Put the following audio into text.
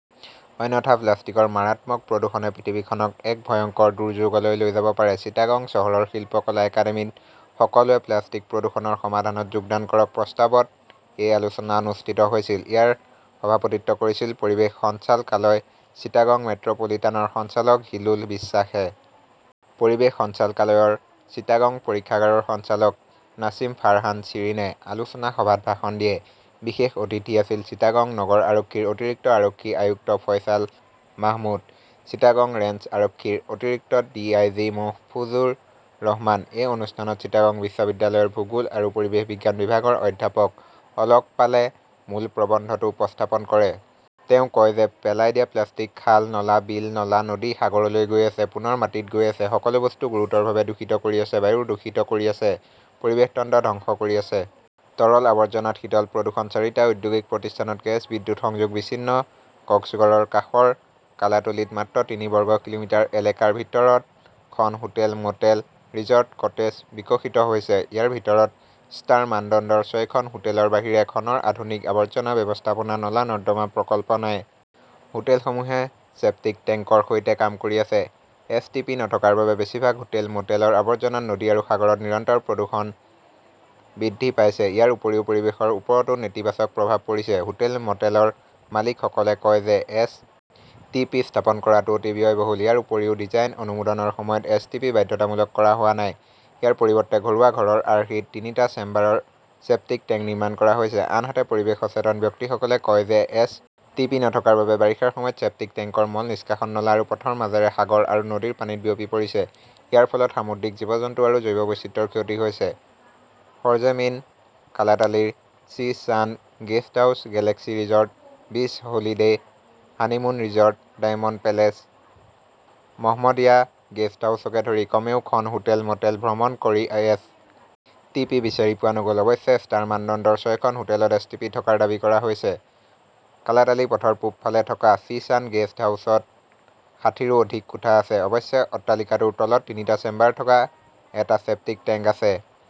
অন্যথা প্লাষ্টিকৰ মাৰাত্মক প্ৰদূষণে পৃথিৱীখনক এক ভয়ংকৰ দুৰ্যোগলৈ লৈ যাব পাৰে। চিটাগং চহৰৰ শিল্পকলা একাডেমীত 'সকলোৱে প্লাষ্টিক প্ৰদূষণৰ সমাধানত যোগদান কৰক' প্ৰস্তাৱত এই আলোচনা অনুষ্ঠিত হৈছিল। ইয়াৰ সভাপতিত্ব কৰিছিল পৰিৱেশ সঞ্চালকালয় চিটাগং মেট্ৰ 'পলিটানৰ সঞ্চালক হিলোল বিশ্বাসে। পৰিৱেশ সঞ্চালকালয়ৰ চিটাগং পৰীক্ষাগাৰৰ সঞ্চালক নাছিম ফাৰহানা শ্বিৰিনে আলোচনা সভাত ভাষণ দিয়ে। বিশেষ অতিথি আছিল চিটাগং নগৰ আৰক্ষীৰ অতিৰিক্ত আৰক্ষী আয়ুক্ত ফয়ছাল মাহমুদ, চিটাগং ৰেঞ্জ আৰক্ষীৰ অতিৰিক্ত ডিআইজি মহফুজুৰ ৰহমান। এই অনুষ্ঠানত চিটাগং বিশ্ববিদ্যালয়ৰ ভূগোল আৰু পৰিৱেশ বিজ্ঞান বিভাগৰ অধ্যাপক অলক পালে মূল প্ৰবন্ধটো উপস্থাপন কৰে। তেওঁ কয় যে পেলাই দিয়া প্লাষ্টিক খাল, নলা, বিল, নলা, নদী, সাগৰলৈ গৈ আছে। পুনৰ মাটিত গৈ আছে। সকলো বস্তু গুৰুতৰভাৱে দূষিত কৰি আছে। বায়ু দূষিত কৰি আছে। পৰিৱেশ তন্ত্ৰ ধ্বংস কৰি আছে। তৰল আৱৰ্জনাত শীতল প্ৰদূষণ, চাৰিটা ঔদ্যোগিক প্ৰতিষ্ঠানত গেছ, বিদ্যুৎ সংযোগ বিচ্ছিন্ন কক্সগড়ৰ কাষৰ কালাতলীত মাত্ৰ তিনি বৰ্গ কিলোমিটাৰ এলেকাৰ ভিতৰত খন হোটেল, ম'টেল, ৰিজৰ্ট, কটেজ বিকশিত হৈছে। ইয়াৰ ভিতৰত ষ্টাৰ মানদণ্ডৰ ছয়খন হোটেলৰ বাহিৰে খনৰ আধুনিক আৱৰ্জনা ব্যৱস্থাপনা নলা-নৰ্দমা প্ৰকল্প নাই। হোটেলসমূহে ছেপ্টিক টেংকৰ সৈতে কাম কৰি আছে। এছ. টি. পি. নথকাৰ বাবে বেছিভাগ হোটেল, ম'টেলৰ আৱৰ্জনাত নদী আৰু সাগৰত নিৰন্তৰ প্ৰদূষণ বৃদ্ধি পাইছে। ইয়াৰ উপৰিও পৰিৱেশৰ ওপৰতো নেতিবাচক প্ৰভাৱ পৰিছে। হোটেল-মটেলৰ মালিকসকলে কয় যে এছ. টি. পি. স্থাপন কৰাটো অতি ব্যয়বহুল। ইয়াৰ উপৰিও ডিজাইন অনুমোদনৰ সময়ত এছ. টি. পি. বাধ্যতামূলক কৰা হোৱা নাই। ইয়াৰ পৰিৱৰ্তে ঘৰুৱা ঘৰৰ আৰ্হিত তিনিটা চেম্বাৰৰ ছেপ্টিক টেংক নিৰ্মাণ কৰা হৈছে। আনহাতে, পৰিৱেশ সচেতন ব্যক্তিসকলে কয় যে এছ. টি. পি. নথকাৰ বাবে বাৰিষাৰ সময়ত ছেপ্টিক টেংকৰ মল নিষ্কাশন নলা আৰু পথৰ মাজেৰে সাগৰ আৰু নদীৰ পানীত বিয়পি পৰিছে। ইয়াৰ ফলত সামুদ্ৰিক জীৱ-জন্তু আৰু জৈৱ বৈচিত্ৰ্যৰ ক্ষতি হৈছে। সৰ্জেমিন কালাতালীৰ sea sun guesthouse Galaxy resort, বিচ holiday, honeymoon resort, diamond palace, Mohammadia গেষ্টহাউছকে ধৰি কমেও খন হোটেল, ম'টেল ভ্ৰমণ কৰি এছ. টি. পি. বিচাৰি পোৱা নগ'ল। অৱশ্যে, ষ্টাৰ মানদণ্ডৰ ছয়খন হোটেলত এছ. টি. পি. থকাৰ দাবী কৰা হৈছে। কালাতালি পথৰ পূব ফালে থকা চি ছান গেস্ট হাউচত ষাঠিৰো অধিক কোঠা আছে। অৱশ্যে, অট্টালিকাটোৰ তলত তিনিটা চেম্বাৰ থকা এটা ছেপ্টিক টেংক আছে।